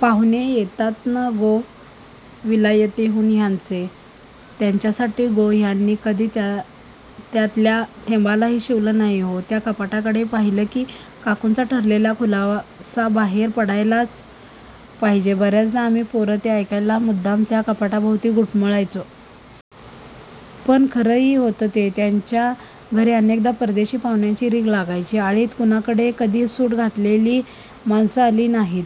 पाहुणे येतात नं गो विलायतेहून ह्यांचे, त्यांच्यासाठी गो. ह्यांनी कधी त्यातल्या थेंबालाही शिवलं नाही हो. त्या कपाटाकडे पाहिलं की काकूंचा ठरलेला खुलासा बाहेर पडलाच पाहिजे. बऱ्याचदा आम्ही पोरं ते ऐकायला मुद्दाम त्या कपाटाभोवती घुटमळायचो. पण खरंही होतं ते. त्यांच्या घरी अनेकदा परदेशी पाहुण्यांची रीघ लागायची. आळीत कुणाकडेच कधी सूट घातलेली माणसं आली नाहीत.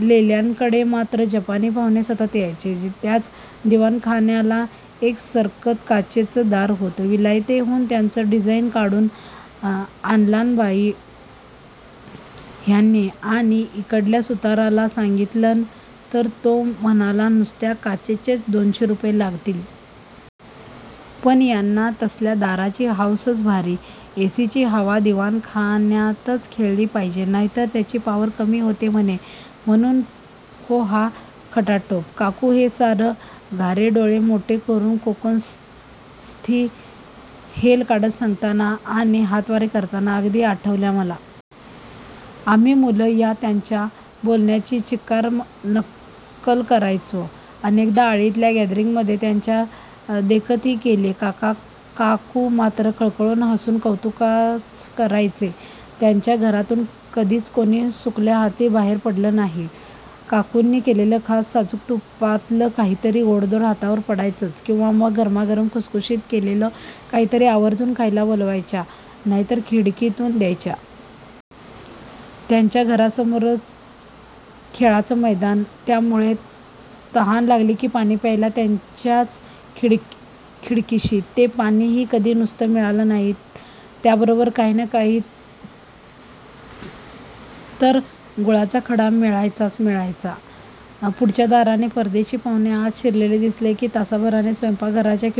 लेल्यांकडे मात्र जपानी पाहुणे सतत असायचे. त्याच दिवाणखान्याला एक सरकतं काचेचं दार होतं. विलायतेहून त्याचं डिझाईन काढून आणलंन बाई ह्यांनी आणि इकडल्या सुताराला सांगितलन तर तो म्हणाला नुसत्या काचेचेच दोनशे रुपये लागतील. पण यांना तसल्या दाराची हौसच भारी. एसीची हवा दिवाणखान्यातच खेळली पाहिजे नाहीतर त्याची पावर कमी होते म्हणे, म्हणून हो हा खटाटोप. काकू हे सारं घारे डोळे मोठ्ठे करून कोकणस्थी हेल काढत सांगताना आणि हातवारे करताना अगदी आठवल्या मला. आम्ही मुलं या त्यांच्या बोलण्याची चिक्कार नक्कल करायचो. अनेकदा आळीतल्या गॅदरिंगमध्ये त्यांच्या देखतही केलीये. काका-काकू मात्र खळखळून हसून कौतुकच करायचे. त्यांच्या घरातून कधीच कोणी सुकल्या हाती बाहेर पडलं नाही. काकूंनी केलेलं खास साजूक तुपातलं काहीतरी गोडधोड हातावर पडायचंच किंवा मग गरमागरम, खुसखुशीत केलेलं काहीतरी आवर्जून खायला बोलवायच्या नाहीतर खिडकीतून द्यायच्या. त्यांच्या घरासमोरच खेळाचं मैदान त्यामुळे तहान लागली की पाणी प्यायला त्यांच्याच खिडकीशी. ते पाणीही कधी नुसतं मिळालं नाही. त्याबरोबर काही नाही तर गुळाचा खडा मिळायचाच मिळायचा. पुढच्या दाराने परदेशी पाहुणे आत शिरलेले दिसले की तासाभराने स्वयंपाकघराच्या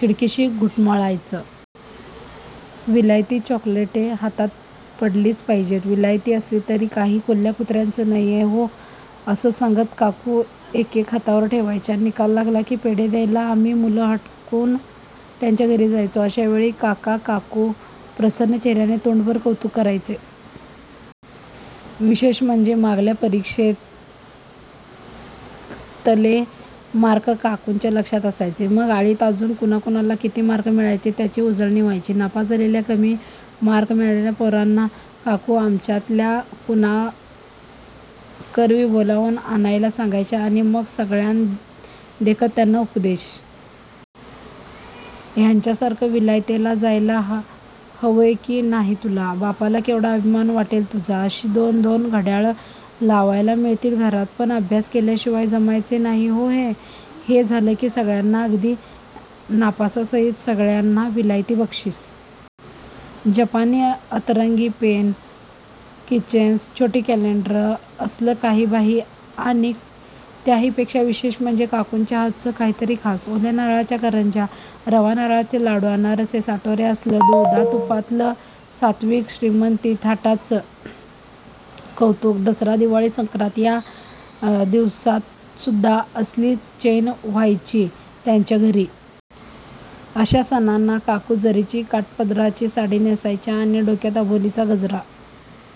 खिडकीशी घुटमळायचं. विलायती चॉकलेटे, हातात पडलीच पाहिजेत. विलायती असली तरी काही कोल्ह्या-कुत्र्याचं नाहीये हो असं सांगत काकू एकेक हातावर ठेवायच्या. निकाल लागला की पेढे द्यायला आम्ही मुलं हटकून त्यांच्या घरी जायचो. अशावेळी काका-काकू प्रसन्न चेहऱ्याने तोंडभर कौतुक करायचे. विशेष म्हणजे मागल्या परीक्षेतले मार्क काकूंच्या लक्षात असायचे. मग आळीत अजून कुणा-कुणाला किती मार्क मिळाले त्याची उजळणी व्हायची. नापास झालेल्या, कमी मार्क मिळालेल्या पोरांना काकू आमच्यातल्याच कुणाकरवी बोलवून आणायला सांगायच्या आणि मग सगळ्यांदेखत त्यांना उपदेश. ह्यांच्यासारखं विलायतेला जायला हवंय की नाही तुला? बापाला केवढा अभिमान वाटेल तुझा? अशी दोन दोन घड्याळं लावायला मिळतील घरात पण अभ्यास केल्याशिवाय जमायचे नाही हो हे. हे झालं की सगळ्यांना अगदी नापासासहीत सगळ्यांना विलायती बक्षीस. जपानी अतरंगी पेनं, किचेन्स, छोटी कॅलेंडरं असलं काही-बाही आणि त्याहीपेक्षा विशेष म्हणजे काकूंच्या हातचं काहीतरी खास. ओल्या नारळाच्या करंज्या, रवा नारळाचे लाडू, अनारसे, साटोऱ्या असलं दुधा-तुपातलं सात्त्विक श्रीमंती थाटाचं कौतुक. दसरा, दिवाळी, संक्रांत या दिवसांतसुद्धा असलीच चैन व्हायची त्यांच्या घरी. अशा सणांना काकू जरीची काठापदराची साडी नेसायच्या आणि डोक्यात अबोलीचा गजरा